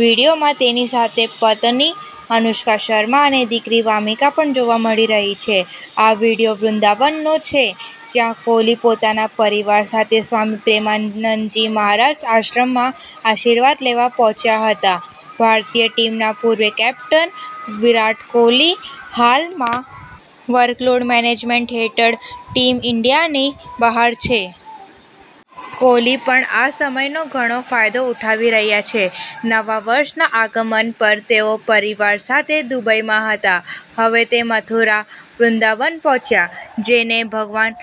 વીડિયોમાં તેની સાથે પત્ની અનુષ્કા શર્મા અને દીકરી વામિકા પણ જોવા મળી રહી છે. આ વીડિયો વૃંદાવન નો છે, જ્યાં કોહલી પોતાના પરિવાર સાથે સ્વામી પ્રેમાનંદજી મહારાજ આશ્રમમાં આશીર્વાદ લેવા પહોંચ્યા હતા. ભારતીય ટીમના પૂર્વ કેપ્ટન વિરાટ કોહલી હાલમાં વર્કલોડ મેનેજમેન્ટ હેઠળ ટીમ ઈન્ડિયાની બહાર છે. કોહલી પણ આ સમયનો ઘણો ફાયદો ઉઠાવી રહ્યો છે. નવા વર્ષના આગમન પર તેઓ પરિવાર સાથે દુબઈમાં હતા. હવે તે મથુરા-વૃંદાવન પહોંચ્યા, જેને ભગવાન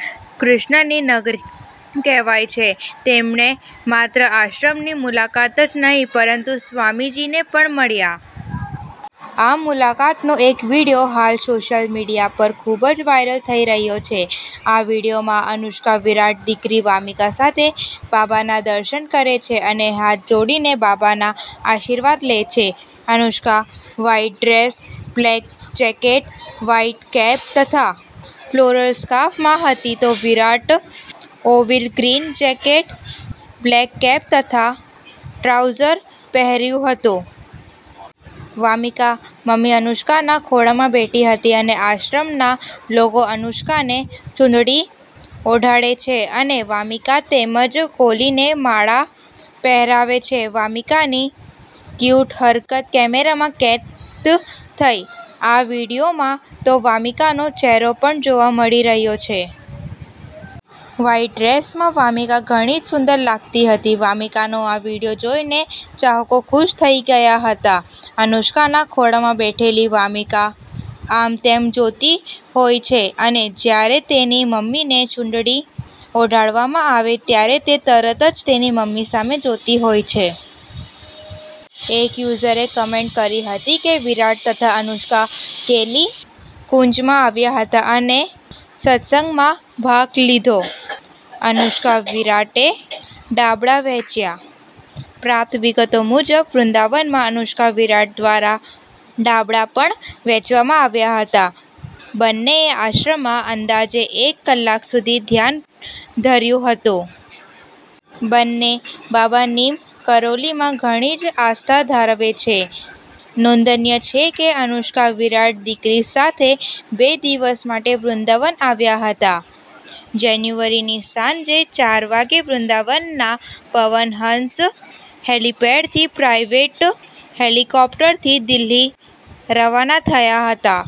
કૃષ્ણની નગરી કહેવાય છે. તેમણે માત્ર આશ્રમની મુલાકાત જ નહિ, પરંતુ સ્વામીજીને પણ મળ્યા. આ મુલાકાતનો એક વીડિયો હાલ સોશિયલ મીડિયા પર ખુબ જ વાઇરલ થઈ રહ્યો છે. આ વીડિયોમાં અનુષ્કા-વિરાટ દીકરી વામિકા સાથે બાબાના દર્શન કરે છે અને હાથ જોડીને બાબાના આશીર્વાદ લે છે. Anushka white dress, black jacket, white cap તથા ફ્લોરલ સ્કાર્ફમાં હતી તો Virat olive green jacket, black cap તથા ટ્રાઉઝર પહેર્યું હતું. વામિકા મમ્મી અનુષ્કાના ખોળામાં બેઠી હતી અને આશ્રમના લોકો અનુષ્કાને ચુંદડી ઓઢાડે છે અને વામિકા તેમજ કોહલીને માળા પહેરાવે છે. વામિકાની ક્યૂટ હરકત કેમેરામાં કેદ થઈ: આ વિડીયોમાં તો વામીકાનો ચેહરો પણ જોવા મળી રહ્યો છે. વ્હાઇટ ડ્રેસમાં વામિકા ઘણી જ સુંદર લાગતી હતી. વામિકાનો આ વીડિયો જોઈને ચાહકો ખુશ થઈ ગયા હતા. અનુષ્કાના ખોળામાં બેઠેલી વામિકા આમતેમ જોતી હોય છે અને જ્યારે તેની મમ્મીને ચુંદડી ઓઢાડવામાં આવે ત્યારે તે તરત જ તેની મમ્મી સામે જોતી હોય છે. એક યુઝરે કમેન્ટ કરી હતી કે વિરાટ તથા અનુષ્કા કેલી કુંજમાં આવ્યા હતા અને સત્સંગમાં ભાગ લીધો. અનુષ્કા-વિરાટે ધાબળા વહેંચ્યા: પ્રાપ્ત વિગતો મુજબ, વૃંદાવનમાં અનુષ્કા-વિરાટ દ્વારા ધાબળા પણ વહેચવામાં આવ્યા હતા. બંનેએ આશ્રમમાં અંદાજે એક કલાક સુધી ધ્યાન ધર્યું હતું. બંને બાબા નીમ કરોલીમાં ઘણી જ આસ્થા ધરાવે છે. નોંધનીય છે કે અનુષ્કા-વિરાટ દીકરી સાથે બે દિવસ માટે વૃંદાવન આવ્યા હતા. જાન્યુઆરીની સાંજે ચાર વાગે વૃંદાવનના પવન હંસ હેલિપેડથી પ્રાઇવેટ હેલિકોપ્ટરથી દિલ્હી રવાના થયા હતા.